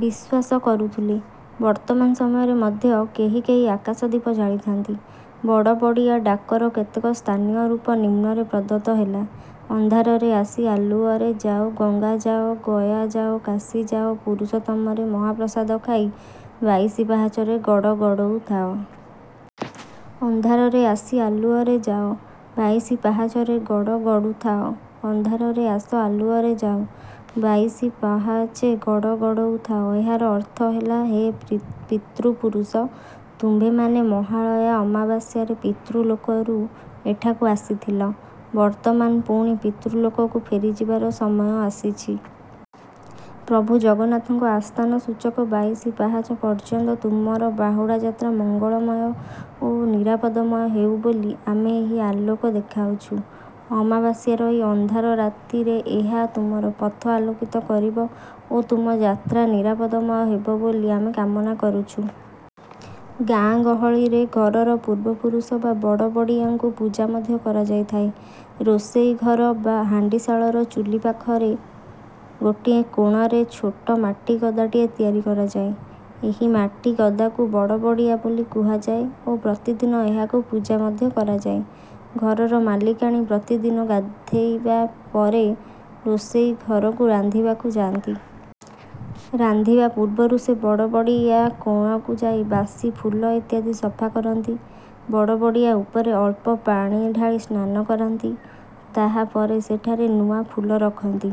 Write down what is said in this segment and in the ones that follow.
ବିଶ୍ୱାସ କରୁଥିଲି। ବର୍ତ୍ତମାନ ସମୟରେ ମଧ୍ୟ କେହି କେହି ଆକାଶଦୀପ ଜାଳିଥାନ୍ତି। ବଡ଼ବଡ଼ିଆ ଡାକର କେତେକ ସ୍ଥାନୀୟ ରୂପ ନିମ୍ନରେ ପ୍ରଦତ୍ତ ହେଲା। ଅନ୍ଧାରରେ ଆସି ଆଲୁଅରେ ଯାଅ। ଗଙ୍ଗା ଯାଅ ଗୟା ଯାଅ କାଶୀ ଯାଅ ପୁରୁଷୋତ୍ତମରେ ମହାପ୍ରସାଦ ଖାଇ ବାଇଶି ପାହାଚରେ ଗଡ଼ଗଡ଼ଉ ଥାଅ। ଅନ୍ଧାରେ ଆସି ଆଲୁଅରେ ଯାଅ। ବାଇଶି ପାହାଚରେ ଗଡ଼ଗଡ଼ୁ ଥାଅ। ଅନ୍ଧାରରେ ଆସ ଆଲୁଅରେ ଯାଅ। ବାଇଶି ପହାଚେ ଗଡ଼ଗଡ଼ଉ ଥାଅ। ଏହାର ଅର୍ଥ ହେଲା ହେ ପିତୃପୁରୁଷ। ତୁମ୍ଭେମାନେ ମହାଳୟା ଅମାବାସ୍ୟାରେ ପିତୃଲୋକରୁ ଏଠାକୁ ଆସିଥିଲ। ବର୍ତ୍ତମାନ ପୁଣି ପିତୃଲୋକକୁ ଫେରିଯିବାର ସମୟ ଆସିଛି। ପ୍ରଭୁ ଜଗନ୍ନାଥଙ୍କ ଆସ୍ଥାନ ସୂଚକ ବାଇଶି ପାହାଚ ପର୍ଯ୍ୟନ୍ତ ତୁମର ବାହୁଡ଼ା ଯାତ୍ରା ମଙ୍ଗଳମୟ ଓ ନିରାପଦମୟ ହେଉ ବୋଲି ଆମେ ଏହି ଆଲୋକ ଦେଖାଉଛୁ। ଅମାବାସ୍ୟାର ଏହି ଅନ୍ଧାର ରାତିରେ ଏହା ତୁମର ପଥ ଆଲୋକିତ କରିବ ଓ ତୁମ ଯାତ୍ରା ନିରାପଦମୟ ହେବ ବୋଲି ଆମେ କାମନା କରୁଛୁ। ଗାଁ ଗହଳିରେ ଘରର ପୂର୍ବପୁରୁଷ ବା ବଡ଼ବଡ଼ିଆଙ୍କୁ ପୂଜା ମଧ୍ୟ କରାଯାଇଥାଏ। ରୋଷେଇ ଘର ବା ହାଣ୍ଡିଶାଳର ଚୁଲି ପାଖର ଗୋଟିଏ କୋଣରେ ଛୋଟ ମାଟିଗଦାଟିଏ ତିଆରି କରାଯାଏ। ଏହି ମାଟିଗଦାକୁ ବଡ଼ବଡ଼ିଆ ବୋଲି କୁହାଯାଏ ଓ ପ୍ରତିଦିନ ଏହାକୁ ପୂଜା ମଧ୍ୟ କରାଯାଏ। ଘରର ମାଲିକାଣୀ ପ୍ରତିଦିନ ଗାଧୋଇବା ପରେ ରୋଷେଇ ଘରକୁ ରାନ୍ଧିବାକୁ ଯାଆନ୍ତି। ରାନ୍ଧିବା ପୂର୍ବରୁ ସେ ବଡ଼ବଡ଼ିଆ କୋଣକୁ ଯାଇ ବାସି ଫୁଲ ଇତ୍ୟାଦି ସଫା କରନ୍ତି। ବଡ଼ବଡ଼ିଆ ଉପରେ ଅଳ୍ପ ପାଣି ଢାଳି ସ୍ନାନ କରାନ୍ତି। ତାହା ପରେ ସେଠାରେ ନୂଆ ଫୁଲ ରଖନ୍ତି।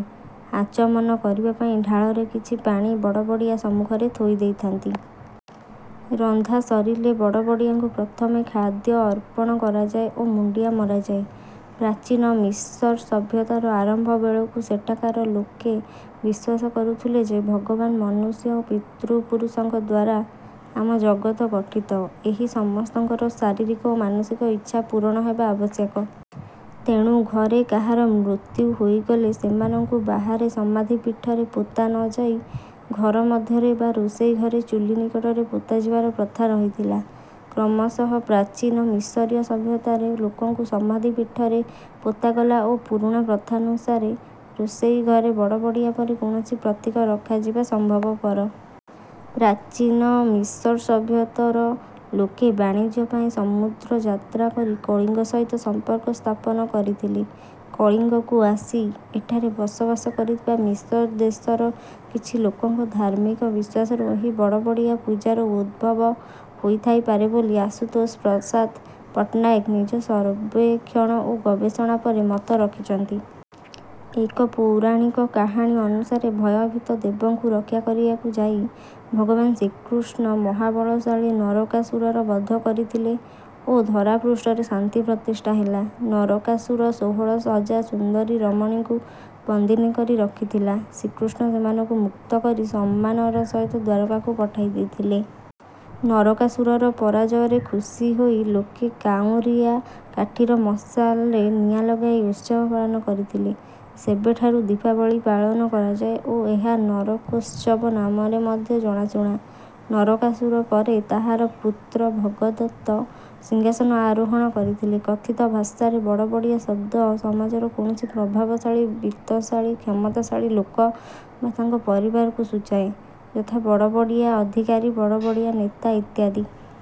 ଆଚମନ କରିବା ପାଇଁ ଢାଳରେ କିଛି ପାଣି ବଡ଼ବଡ଼ିଆ ସମ୍ମୁଖରେ ଥୋଇଦେଇଥାନ୍ତି। ରନ୍ଧା ସରିଲେ ବଡ଼ବଡ଼ିଆଙ୍କୁ ପ୍ରଥମେ ଖାଦ୍ୟ ଅର୍ପଣ କରାଯାଏ ଓ ମୁଣ୍ଡିଆ ମରାଯାଏ। ପ୍ରାଚୀନ ମିଶର୍ ସଭ୍ୟତାର ଆରମ୍ଭ ବେଳକୁ ସେଠାକାର ଲୋକେ ବିଶ୍ୱାସ କରୁଥିଲେ ଯେ ଭଗବାନ ମନୁଷ୍ୟ ଓ ପିତୃପୁରୁଷଙ୍କଦ୍ୱାରା ଆମ ଜଗତ ଗଠିତ। ଏହି ସମସ୍ତଙ୍କର ଶାରୀରିକ ଓ ମାନସିକ ଇଚ୍ଛା ପୂରଣ ହେବା ଆବଶ୍ୟକ। ତେଣୁ ଘରେ କାହାର ମୃତ୍ୟୁ ହୋଇଗଲେ ସେମାନଙ୍କୁ ବାହାରେ ସମାଧିପୀଠରେ ପୋତା ନ ଯାଇ ଘର ମଧ୍ୟରେ ବା ରୋଷେଇ ଘରେ ଚୁଲି ନିକଟରେ ପୋତାଯିବାର ପ୍ରଥା ରହିଥଲା। କ୍ରମଶଃ ପ୍ରାଚୀନ ମିଶରୀୟ ସଭ୍ୟତାରେ ଲୋକଙ୍କୁ ସମାଧିପୀଠରେ ପୋତାଗଲା ଓ ପୁରୁଣା ପ୍ରଥାନୁସାରେ ରୋଷେଇ ଘରେ ବଡ଼ବଡ଼ିଆ ପରି କୌଣସି ପ୍ରତୀକ ରଖାଯିବା ସମ୍ଭବପର। ପ୍ରଚୀନ ମିଶର୍ ସଭ୍ୟତର ଲୋକେ ବାଣିଜ୍ୟ ପାଇଁ ସମୁଦ୍ର ଯାତ୍ରା କରି କଳିଙ୍ଗ ସହିତ ସମ୍ପର୍କ ସ୍ଥାପନ କରିଥିଲେ। କଳିଙ୍ଗକୁ ଆସି ଏଠାରେ ବସବାସ କରିଥିବା ମିଶର୍ ଦେଶର କିଛି ଲୋକଙ୍କ ଧାର୍ମିକ ବିଶ୍ୱାସରୁ ଏହି ବଡ଼ବଡ଼ିଆ ପୂଜାର ଉଦ୍ଭବ ହୋଇଥାଇପାରେ ବୋଲି ଆଶୁତୋଷ ପ୍ରସାଦ ପଟ୍ଟନାୟକ ନିଜ ସର୍ବେକ୍ଷଣ ଓ ଗବେଷଣା କରି ମତ ରଖିଛନ୍ତି। ଏକ ପୌରାଣିକ କାହାଣୀ ଅନୁସାରେ ଭୟଭୀତ ଦେବଙ୍କୁ ରକ୍ଷା କରିବାକୁ ଯାଇ ଭଗବାନ ଶ୍ରୀକୃଷ୍ଣ ମହାବଳଶାଳୀ ନରକାସୁରର ବଧ କରିଥିଲେ ଓ ଧରାପୃଷ୍ଠରେ ଶାନ୍ତି ପ୍ରତିଷ୍ଠା ହେଲା। ନରକାସୁର ଷୋହଳ ହଜାର ସୁନ୍ଦରୀ ରମଣୀଙ୍କୁ ବନ୍ଦିନୀ କରି ରଖିଥିଲା। ଶ୍ରୀକୃଷ୍ଣ ସେମାନଙ୍କୁ ମୁକ୍ତ କରି ସମ୍ମାନର ସହିତ ଦ୍ୱାରକାକୁ ପଠାଇ ଦେଇଥିଲେ। ନରକାସୁରର ପରାଜୟରେ ଖୁସି ହୋଇ ଲୋକେ କାଉଁରିଆ କାଠିର ମଶାଲରେ ନିଆଁ ଲଗାଇ ଉତ୍ସବ ପାଳନ କରିଥିଲେ। ସେବେଠାରୁ ଦୀପାବଳୀ ପାଳନ କରାଯାଏ ଓ ଏହା ନରକୋତ୍ସବ ନାମରେ ମଧ୍ୟ ଜଣାଶୁଣା। ନରକାସୁର ପରେ ତାହାର ପୁତ୍ର ଭଗଦତ୍ତ ସିଂହାସନ ଆରୋହଣ କରିଥିଲା। କଥିତ ଭାଷାରେ ବଡ଼ବଡ଼ିଆ ଶବ୍ଦ ସମାଜର କୌଣସି ପ୍ରଭାବଶାଳୀ ବିତ୍ତଶାଳୀ କ୍ଷମତାଶାଳୀ ଲୋକ ବା ତାଙ୍କ ପରିବାରକୁ ସୂଚାଏ। ଯଥା ବଡ଼ବଡ଼ିଆ ଅଧିକାରୀ ବଡ଼ବଡ଼ିଆ ନେତା ଇତ୍ୟାଦି।